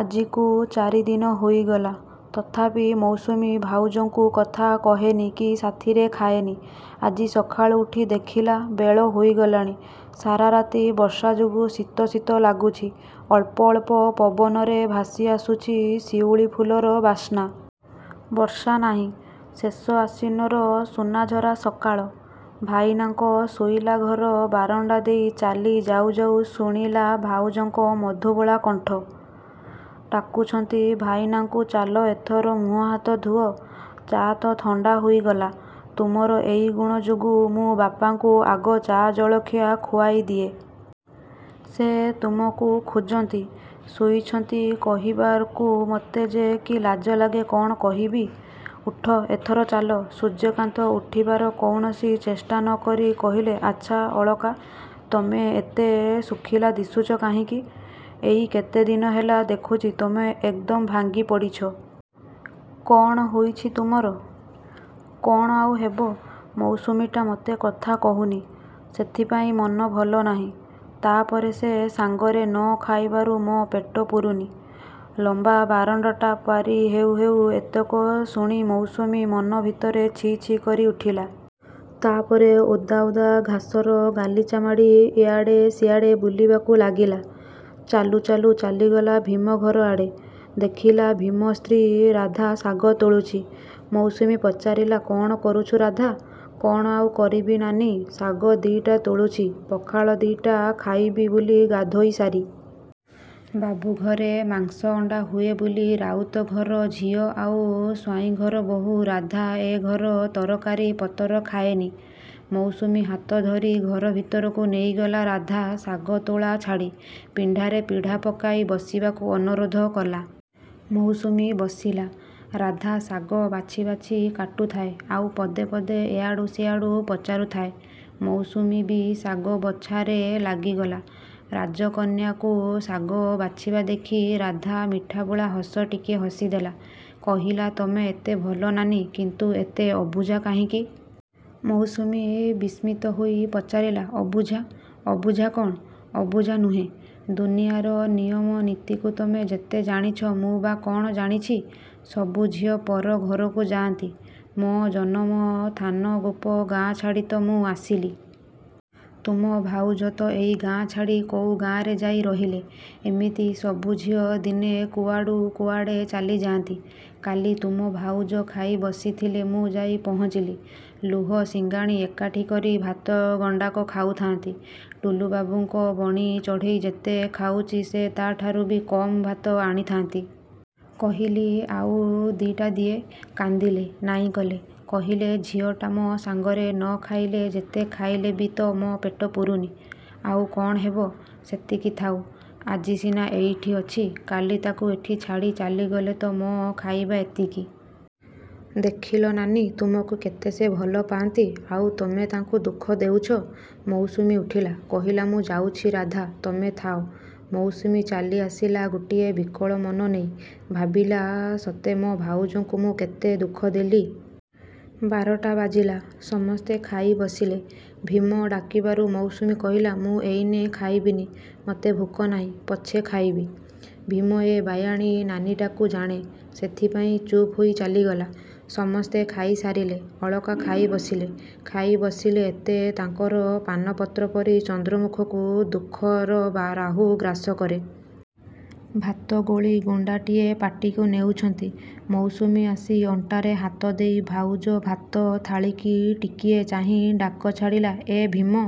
ଆଜିକୁ ଚାରି ଦିନ ହୋଇଗଲା। ତଥାପି ମୌସୁମୀ ଭାଉଜଙ୍କୁ କଥା କହେନି କି ସାଥିରେ ଖାଏନି। ଆଜି ସକାଳୁ ଉଠି ଦେଖିଲା, ବେଳ ହୋଇଗଲାଣି। ସାରା ରାତି ବର୍ଷା ଯୋଗୁ ଶୀତ ଶୀତ ଲାଗୁଛି। ଅଳ୍ପ ଅଳ୍ପ ପବନରେ ଭାସି ଆସୁଛି ଶିଉଳୀ ଫୁଲର ବାସନା। ବର୍ଷା ନାହିଁ। ଶେଷ ଆଶ୍ୱିନର ସୁନାଝରା ସକାଳ। ଭାଇନାଙ୍କ ଶୋଇଲା ଘର ବାରଣ୍ଡା ଦେଇ ଚାଲି ଯାଉ ଯାଉ ଶୁଣିଲା ଭାଉଜଙ୍କ ମଧୁବୋଳା କଣ୍ଠ। ଡାକୁଛନ୍ତି ଭାଇନାଙ୍କୁ ଚାଲ ଏଥର ମୁହଁ ହାତ ଧୁଅ। ଚା ତ ଥଣ୍ଡା ହୋଇଗଲା। ତୁମର ଏଇ ଗୁଣ ଯୋଗୁଁ ମୁଁ ବାପାଙ୍କୁ ଆଗ ଚା ଜଳଖିଆ ଖୁଆଇ ଦିଏ। ସେ ତୁମକୁ ଖୋଜନ୍ତି। ଶୋଇଛନ୍ତି କହିବାକୁ ମୋତେ ଯେ କି ଲାଜ ଲାଗେ କ'ଣ କହିବି। ଉଠ, ଏଥର ଚାଲ। ସୂର୍ଯ୍ୟକାନ୍ତ ଉଠିବାର କୌଣସି ଚେଷ୍ଟା ନ କରି କହିଲେ ଆଚ୍ଛା ଅଳକା, ତୁମେ ଏତେ ଶୁଖିଲା ଦିଶୁଛ କାହିଁକି? ଏଇ କେତେଦିନ ହେଲା ଦେଖୁଛି ତୁମେ ଏକ୍ ଦମ ଭାଙ୍ଗି ପଡ଼ିଛ। କ'ଣ ହୋଇଛି ତୁମର! କ'ଣ ଆଉ ହେବ। ମୌସୁମୀଟା ମୋତେ କଥା କହୁନି। ସେଥିପାଇଁ ମନ ଭଲ ନାହିଁ। ତା' ପରେ ସେ ସାଙ୍ଗରେ ନ ଖାଇବାରୁ ମୋ ପେଟ ପୁରୁନି। ଲମ୍ବା ବାରଣ୍ଡାଟା ପାରି ହେଉ ହେଉ ଏତକ ଶୁଣି ମୌସୁମୀ ମନ ଭିତରେ ଛି ଛି କରି ଉଠିଲା। ତା' ପରେ ଓଦା ଓଦା ଘାସର ଗାଲିଚା ମାଡ଼ି ଏଆଡ଼େ ସେଆଡ଼େ ବୁଲିବାକୁ ଲାଗିଲା। ଚାଲୁ ଚାଲୁ ଚାଲିଗଲା ଭୀମ ଘର ଆଡ଼େ। ଦେଖିଲା ଭୀମ ସ୍ତ୍ରୀ ରାଧା ଶାଗ ତୋଳୁଛି। ମୌସୁମୀ ପଚାରିଲା କ'ଣ କରୁଛୁ ରାଧା? କ'ଣ ଆଉ କରିବି ନାନୀ, ଶାଗ ଦିଟା ତୋଳୁଛି, ପଖାଳ ଦିଟା ଖାଇବି ବୋଲି ଗାଧୋଇ ସାରି। ବାବୁ ଘରେ ମାଂସ ଅଣ୍ଡା ହୁଏ ବୋଲି ରାଉତ ଘର ଝିଅ ଆଉ ସ୍ୱାଇଁ ଘର ବୋହୂ ରାଧା ଏ ଘର ତରକାରୀ ପତର ଖାଏନି। ମୌସୁମୀ ହାତ ଧରି ଘର ଭିତରକୁ ନେଇଗଲା ରାଧା ଶାଗ ତୋଳା ଛାଡ଼ି। ପିଣ୍ଡାରେ ପିଢ଼ା ପକାଇ ବସିବାକୁ ଅନୁରୋଧ କଲା। ମୌସୁମୀ ବସିଲା। ରାଧା ଶାଗ ବାଛି ବାଛି କାଟୁଥାଏ, ଆଉ ପଦେ ପଦେ ଏଆଡ଼ୁ ସେଆଡ଼ୁ ପଚାରୁଥାଏ। ମୌସୁମୀ ବି ଶାଗ ବଛାରେ ଲାଗିଗଲା। ରାଜକନ୍ୟାକୁ ଶାଗ ବାଛିବା ଦେଖି ରାଧା ମିଠାବୋଳା ହସ ଟିକିଏ ହସିଦେଲା। କହିଲା ତୁମେ ଏତେ ଭଲ ନାନୀ କିନ୍ତୁ ଏତେ ଅବୁଝା କାହିଁକି? ମୌସୁମୀ ବିସ୍ମିତ ହୋଇ ପଚାରିଲା ଅବୁଝା, ଅବୁଝା କ'ଣ? ଅବୁଝା ନୁହେଁ? ଦୁନିଆର ନିୟମ ନୀତିକୁ ତୁମେ ଯେତେ ଜାଣିଛ ମୁଁ ବା କ'ଣ ଜାଣିଛି। ସବୁ ଝିଅ ପର ଘରକୁ ଯାଆନ୍ତି। ମୋ ଜନମ ଥାନ ଗୋପ ଗାଁ ଛାଡ଼ି ତ ମୁଁ ଆସିଲି। ତୁମ ଭାଉଜ ତ ଏଇ ଗାଁ ଛାଡ଼ି କୋଉ ଗାଁରେ ଯାଇ ରହିଲେ। ଏମିତି ସବୁ ଝିଅ ଦିନେ କୁଆଡ଼ୁ କୁଆଡ଼େ ଚାଲିଯାଆନ୍ତି। କାଲି ତୁମ ଭାଉଜ ଖାଇ ବସିଥିଲେ ମୁଁ ଯାଇ ପହଞ୍ଚିଲି। ଲୁହ ସିଙ୍ଗାଣି ଏକାଠି କରି ଭାତ ଗଣ୍ଡାକ ଖାଉଥାନ୍ତି। ଟୁଲୁବାବୁଙ୍କ ବଣି ଚଢ଼େଇ ଯେତେ ଖାଉଛି ସେ ତା'ଠାରୁ ବି କମ୍ ଭାତ ଆଣିଥାନ୍ତି। କହିଲି ଆଉ ଦିଟା ଦିଏ। କାନ୍ଦିଲେ, ନାହିଁ କଲେ। କହିଲେ ଝିଅଟା ମୋ ସାଙ୍ଗରେ ନ ଖାଇଲେ ଯେତେ ଖାଇଲେ ବି ତ ମୋ ପେଟ ପୁରୁନି। ଆଉ କ'ଣ ହେବ। ସେତିକି ଥାଉ। ଆଜି ସିନା ଏଇଠି ଅଛି, କାଲି ତାକୁ ଏଠି ଛାଡ଼ି ଚାଲିଗଲେ ତ ମୋ ଖାଇବା ଏତିକି। ଦେଖିଲ ନାନୀ ତୁମକୁ କେତେ ସେ ଭଲ ପାଆନ୍ତି, ଆଉ ତୁମେ ତାଙ୍କୁ ଦୁଃଖ ଦେଉଛ? ମୌସୁମୀ ଉଠିଲା, କହିଲା ମୁଁ ଯାଉଛି ରାଧା, ତୁମେ ଥାଅ। ମୌସୁମୀ ଚାଲିଆସିଲା ଗୋଟିଏ ବିକଳ ମନ ନେଇ। ଭାବିଲା ସତେ ମୋ ଭାଉଜଙ୍କୁ ମୁଁ କେତେ ଦୁଃଖ ଦେଲି। ବାରଟା ବାଜିଲା। ସମସ୍ତେ ଖାଇ ବସିଲେ। ଭୀମ ଡାକିବାରୁ ମୌସୁମୀ କହିଲା ମୁଁ ଏଇନେ ଖାଇବିନି। ମତେ ଭୋକ ନାହିଁ, ପଛେ ଖାଇବି। ଭୀମ ଏ ବାୟାଣୀ ନାନୀଟିକୁ ଜାଣେ। ସେଥିପାଇଁ ଚୁପ୍ ହୋଇ ଚାଲିଗଲା। ସମସ୍ତେ ଖାଇ ସାରିଲେ, ଅଳକା ଖାଇ ବସିଲେ। ଖାଇ ବସିଲେ ଏତେ ତାଙ୍କର ପାନପତ୍ର ପରି ଚନ୍ଦ୍ରମୁଖକୁ ଦୁଃଖର ରାହୁ ଗ୍ରାସ କରେ। ଭାତ ଗୋଳି ଗୁଣ୍ଡାଟିଏ ପାଟିକୁ ନେଉଛନ୍ତି, ମୌସୁମୀ ଆସି ଅଣ୍ଟାରେ ହାତ ଦେଇ ଭାଉଜ ଭାତ ଥାଳିକି ଟିକିଏ ଚାହିଁ ଡାକ ଛାଡ଼ିଲା ଏ ଭୀମ!